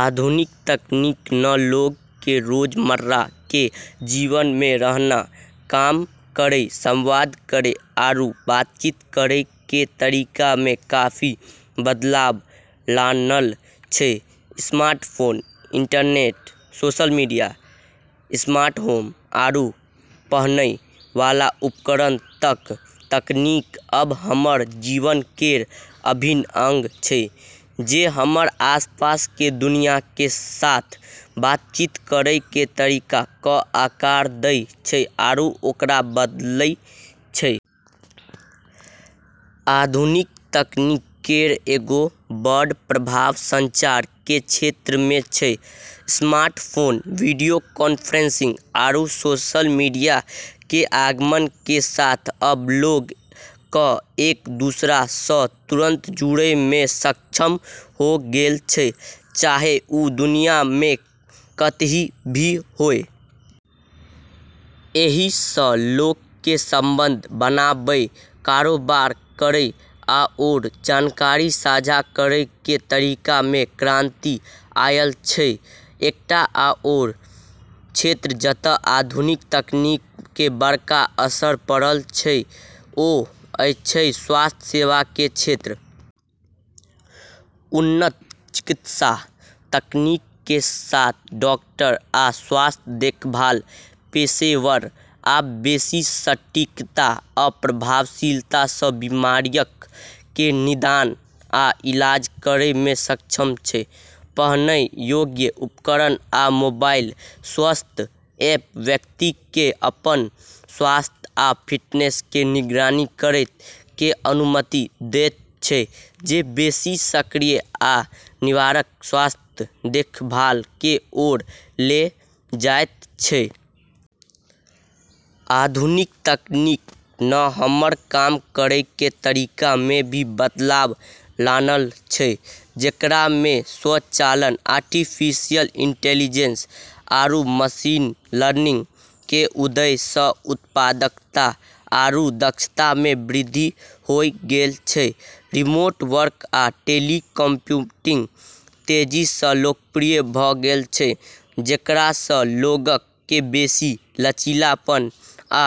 आधुनिक तकनीक न लोग के रोजमर्रा के जीवन मे रहना, काम करै, संवाद करै आरू बातचीत करै के तरीका मे काफी बदलाव लानल छै। Smartphone, internet, social media, smart home, आरू पहनै वाला उपकरण तक, तकनीक अब हमर जीवन केर अभिन्न अंग छै, जे हमर आसपास के दुनिया के साथ बातचीत करै के तरीका क आकार दै छै आरू ओकरा बदलै छै। आधुनिक तकनीक केर एगो बड़ प्रभाव संचार के क्षेत्र मे छै। स्मार्टफोन, वीडियो कॉन्फ्रेंसिंग, आरू सोशल मीडिया के आगमन के साथ अब लोग क एक-दूसरा स तुरंत जुड़ै मे सक्षम होय गेल छै, चाहे वू दुनिया मे कतहीं भी होय। एहि सं लोक के संबंध बनाबय, कारोबार करय, आओर जानकारी साझा करय के तरीका मे क्रांति आयल अछि। एकटा आओर क्षेत्र जतय आधुनिक तकनीक के बड़का असर पड़ल अछि ओ अछि स्वास्थ्य सेवा के क्षेत्र। उन्नत चिकित्सा तकनीक कें साथ, डॉक्टर आ स्वास्थ्य देखभाल पेशेवर आब बेसि सटीकता आ प्रभावशीलता सं बीमारियक कें निदान आ इलाज करय मे सक्षम छै। पहनय योग्य उपकरण आ मोबाइल स्वास्थ्य ऐप व्यक्तिक कें अपन स्वास्थ्य आ फिटनेस कें निगरानी करय कें अनुमति देयत छै, जे बेसि सक्रिय आ निवारक स्वास्थ्य देखभाल कें ओर ले जायत छै। आधुनिक तकनीक न हमर काम करै के तरीका मे भी बदलाव लानल छै, जेकरा मे स्वचालन, आर्टिफिशियल इंटेलिजेंस, आरू मशीन लर्निंग केर उदय स उत्पादकता आरू दक्षता मे वृद्धि होय गेल छै। रिमोट वर्क आ टेलीकॉम्यूटिंग तेजी सं लोकप्रिय भ गेल छै, जेकरा सं लोगक कें बेसि लचीलापन आ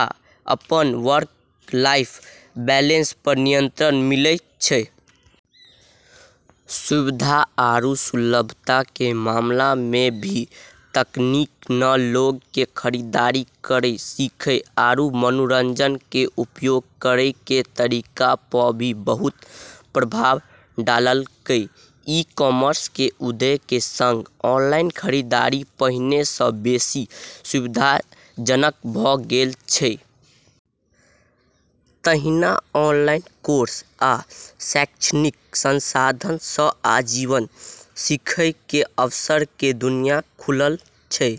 अपन वर्क-लाइफ बैलेंस पर नियंत्रण मिलय छै। सुविधा आरू सुलभता के मामला मे भी तकनीक न लोग के खरीदारी करै, सीखै, आरू मनोरंजन के उपयोग करै के तरीका प भी बहुत प्रभाव डाललकै। ई-कॉमर्स के उदय के संग ऑनलाइन खरीदारी पहिने सं बेसि सुविधाजनक भ गेल अछि। तहिना ऑनलाइन कोर्स आ शैक्षणिक संसाधन सं आजीवन सीखय के अवसर के दुनिया खुलल अछि।